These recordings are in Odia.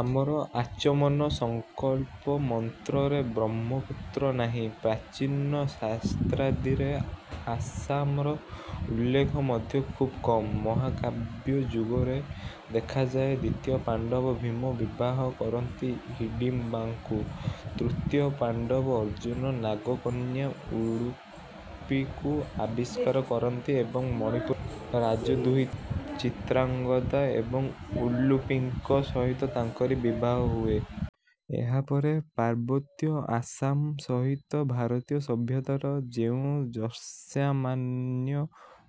ଆମର ଆଚମନ, ସଙ୍କଳ୍ପ ମନ୍ତ୍ରରେ ବ୍ରହ୍ମପୁତ୍ର ନାହିଁ। ପ୍ରାଚୀନ ଶାସ୍ତ୍ରାଦିରେ ଆସାମର ଉଲ୍ଲେଖ ମଧ୍ୟ ଖୁବ୍ କମ୍। ମହାକାବ୍ୟ ଯୁଗରେ ଦେଖାଯାଏ ଦ୍ୱିତୀୟ ପାଣ୍ଡବ ଭୀମ ବିବାହ କରନ୍ତି ହିଡ଼ିମ୍ବାକୁ। ତୃତୀୟ ପାଣ୍ଡବ ଅର୍ଜୁନ ନାଗକନ୍ୟା ଉଲୁପୀକୁ ଆବିଷ୍କାର କରନ୍ତି ଏବଂ ମଣିପୁର ରାଜଦୁହି ଚିତ୍ରାଙ୍ଗଦା ଏବଂ ଉଲୁପୀଙ୍କ ସହିତ ତାଙ୍କରି ବିବାହ ହୁଏ। ଏହାପରେ ପାର୍ବତ୍ୟ ଆସାମ ସହିତ ଭାରତୀୟ ସଭ୍ୟତାର ଯେଉଁ ଯତ୍ସାମାନ୍ୟ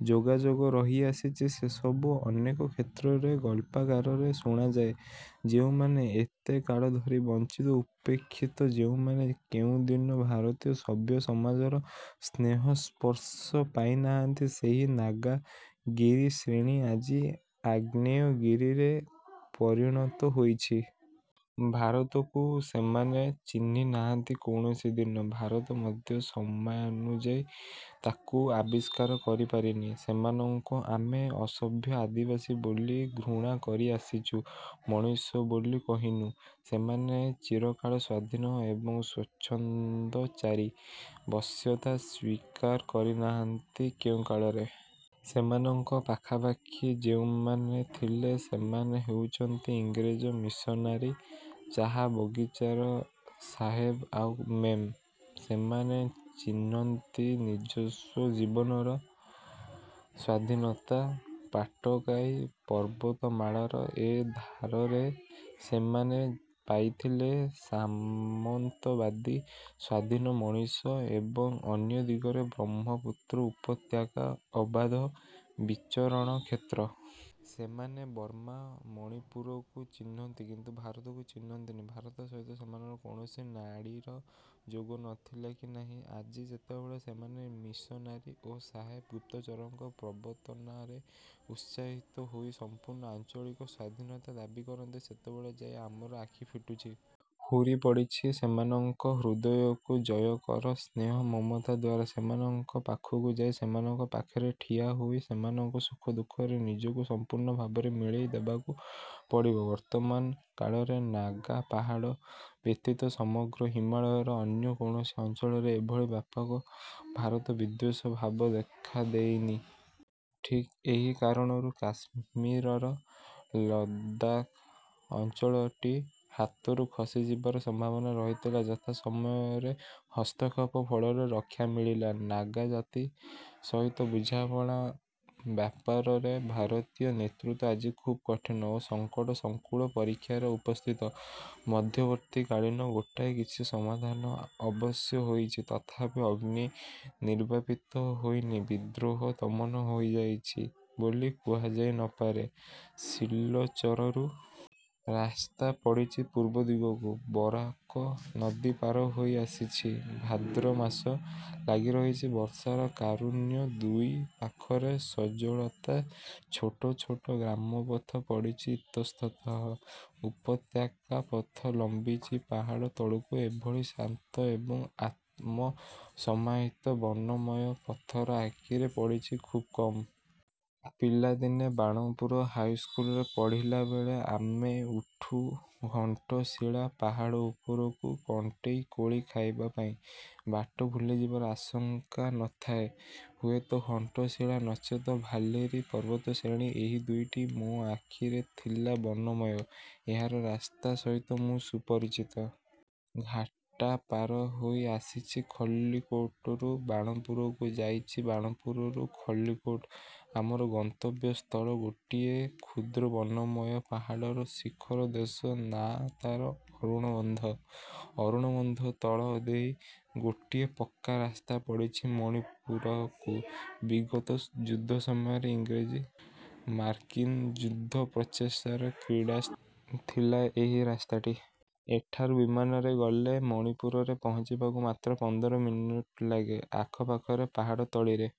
ଯୋଗାଯୋଗ ରହିଆସିଛି, ସେସବୁ ଅନେକ କ୍ଷେତ୍ରରେ ଗଳ୍ପାକାରରେ ଶୁଣାଯାଏ। ଯେଉଁମାନେ ଏତେକାଳ ଧରି ବଞ୍ଚି ଉପେକ୍ଷିତ, ଯେଉଁମାନେ କେଉଁଦିନ ଭାରତୀୟ ସଭ୍ୟ ସମାଜର ସ୍ନେହସ୍ପର୍ଶ ପାଇ ନାହାନ୍ତି, ସେହି ନାଗା ଗିରିଶ୍ରେଣୀ ଆଜି ଆଗ୍ନେୟଗିରିରେ ପରିଣତ ହୋଇଛି। ଭାରତକୁ ସେମାନେ ଚିହ୍ନି ନାହାନ୍ତି କୌଣସି ଦିନ। ଭାରତ ମଧ୍ୟ ସମୟାନୁଯାୟୀ ତାକୁ ଆବିଷ୍କାର କରିପାରିନି। ସେମାନଙ୍କୁ ଆମେ ଅସଭ୍ୟ ଆଦିବାସୀ ବୋଲି ଘୃଣା କରିଆସିଚୁ ମଣିଷ ବୋଲି କହିନୁ। ସେମାନେ ଚିରକାଳ ସ୍ୱାଧୀନ ଏବଂ ସ୍ୱଚ୍ଛନ୍ଦଚାରୀ, ବଶ୍ୟତା ସ୍ୱୀକାର କରି ନାହାନ୍ତି କେଉଁ କାଳରେ। ସେମାନଙ୍କ ପାଖାପାଖି ଯେଉଁମାନେ ଥିଲେ, ସେମାନେ ହେଉଚନ୍ତି ଇଂରେଜ ମିଶନାରୀ, ଚାହା ବଗିଚାର ସାହେବ ଆଉ ମେମ୍। ସେମାନେ ଚିହ୍ନନ୍ତି ନିଜସ୍ୱ ଜୀବନର ସ୍ୱାଧୀନତା। ପାଟକାଇ ପର୍ବତମାଳର ଏ ଧାରରେ ସେମାନେ ପାଇଥିଲେ ସାମନ୍ତବାଦୀ ସ୍ୱାଧୀନ ମଣିଷ ଏବଂ ଅନ୍ୟ ଦିଗରେ ବ୍ରହ୍ମପୁତ୍ରୁ ଉପତ୍ୟକା ଅବାଧ ବିଚରଣ କ୍ଷେତ୍ର। ସେମାନେ ବର୍ମା, ମଣିପୁରକୁ ଚିହ୍ନନ୍ତି, କିନ୍ତୁ ଭାରତକୁ ଚିହ୍ନନ୍ତିନି। ଭାରତ ସହିତ ସେମାନଙ୍କର କୌଣସି ନାଡ଼ୀର ଯୋଗ ନ ଥିଲା କି ନାହିଁ। ଆଜି ଯେତେବେଳେ ସେମାନେ ମିଶନାରୀ ଓ ସାହେବ ଗୁପ୍ତଚରଙ୍କ ପ୍ରବର୍ତ୍ତନାରେ ଉତ୍ସାହିତ ହୋଇ ସମ୍ପୂର୍ଣ୍ଣ ଆଞ୍ଚଳିକ ସ୍ୱାଧୀନତା ଦାବି କରନ୍ତି, ସେତେବେଳେ ଯାଇ ଆମର ଆଖି ଫିଟୁଛି। ହୁରି ପଡ଼ିଛି ସେମାନଙ୍କ ହୃଦୟକୁ ଜୟ କର ସ୍ନେହ ମମତାଦ୍ୱାରା। ସେମାନଙ୍କ ପାଖକୁ ଯାଇ, ସେମାନଙ୍କ ପାଖରେ ଠିଆ ହୋଇ ସେମାନଙ୍କ ସୁଖ ଦୁଃଖରେ ନିଜକୁ ସମ୍ପୂର୍ଣ୍ଣ ଭାବରେ ମିଳେଇଦେବାକୁ ପଡ଼ିବ। ବର୍ତ୍ତମାନ କାଳରେ ନାଗାପାହାଡ଼ ବ୍ୟତୀତ ସମଗ୍ର ହିମାଳୟର ଅନ୍ୟ କୌଣସି ଅଞ୍ଚଳରେ ଏଭଳି ବ୍ୟାପକ ଭାରତ-ବିଦ୍ୱେଷ ଭାବ ଦେଖାଦେଇନି। ଠିକ୍ ଏହି କାରଣରୁ କାଶ୍ମୀରର ଲଡ଼ାଖ ଅଞ୍ଚଳଟି ହାତରୁ ଖସିଯିବାର ସମ୍ଭାବନା ରହିଥିଲା ଯଥା ସମୟରେ ହସ୍ତକ୍ଷେପ ଫଳରେ ରକ୍ଷା ମିଳିଲା। ନାଗା ଜାତି ସହିତ ବୁଝାମଣା ବ୍ୟାପାରରେ ଭାରତୀୟ ନେତୃତ୍ୱ ଆଜି ଖୁବ୍ କଠିନ ଓ ସଙ୍କଟ ସଙ୍କୁଳ ପରୀକ୍ଷାରେ ଉପସ୍ଥିତ। ମଧ୍ୟବର୍ତ୍ତୀକାଳୀନ ଗୋଟାଏ କିଛି ସମାଧାନ ଅବଶ୍ୟ ହୋଇଛି; ତଥାପି ଅଗ୍ନି ନିର୍ବାପିତ ହୋଇନି, ବିଦ୍ରୋହ ଦମନ ହୋଇଯାଇଛି ବୋଲି କୁହାଯାଇ ନ ପାରେ। ସିଲଚରରୁ ରାସ୍ତା ପଡ଼ିଚି ପୂର୍ବ ଦିଗକୁ। ବରାକ ନଦୀ ପାର ହୋଇଆସିଛି। ଭାଦ୍ର ମାସ। ଲାଗିରହିଛି ବର୍ଷାର କାରୁଣ୍ୟ, ଦୁଇ ପାଖରେ ସଜଳତା। ଛୋଟ ଛୋଟ ଗ୍ରାମପଥ ପଡ଼ିଛି ଇତସ୍ତତଃ। ଉପତ୍ୟକାପଥ ଲମ୍ବିଚି ପାହାଡ଼ ତଳକୁ। ଏଭଳି ଶାନ୍ତ ଏବଂ ଆତ୍ମସମାହିତ ବନମୟ ପଥର ଆଖିରେ ପଡ଼ିଛି ଖୁବ୍ କମ୍। ପିଲାଦିନେ ବାଣପୁର ହାଇସ୍କୁଲରେ ପଢ଼ିଲାବେଳେ ଆମେ ଉଠୁ ଘଣ୍ଟଶିଳା ପାହାଡ଼ ଉପରକୁ କଣ୍ଟେଇକୋଳି ଖାଇବା ପାଇଁ। ବାଟ ଭୁଲିଯିବାର ଆଶଙ୍କା ନ ଥାଏ। ହୁଏତ ଘଣ୍ଟଶିଳା, ନଚେତ୍ ଭାଲେରୀ ପର୍ବତଶ୍ରେଣୀ, ଏହି ଦୁଇଟି ମୋ ଆଖିରେ ଥିଲା ବନମୟ। ଏହାର ରାସ୍ତା ସହିତ ମୁ ସୁପରିଚିତ। ଘାଟା ପାର ହୋଇ ଆସିଛି ଖଲ୍ଲିକୋଟରୁ ବାଣପୁରକୁ, ଯାଇଚି ବାଣପୁରରୁ ଖଲ୍ଲିକୋଟ। ଆମର ଗନ୍ତବ୍ୟସ୍ଥଳ ଗୋଟିଏ କ୍ଷୁଦ୍ର ବନମୟ ପାହାଡ଼ର ଶିଖରଦେଶ। ନାଁ ତାର ଅରୁଣବନ୍ଧ। ଅରୁଣବନ୍ଧ ତଳ ଦେଇ ଗୋଟିଏ ପକ୍କା ରାସ୍ତା ପଡ଼ିଛି ମଣିପୁରକୁ। ବିଗତ ଯୁଦ୍ଧ ସମୟରେ ଇଂରେଜ ମାର୍କିନ ଯୁଦ୍ଧପ୍ରଚେଷ୍ଟାର କ୍ରୀଡ଼ାସ୍ ଥିଲା ଏହି ରାସ୍ତାଟି। ଏଠାରୁ ବିମାନରେ ଗଲେ ମଣିପୁରରେ ପହଞ୍ଚିବାକୁ ମାତ୍ର ପନ୍ଦର ମିନିଟ ଲାଗେ। ଆଖପାଖରେ ପାହାଡ଼ତଳିରେ--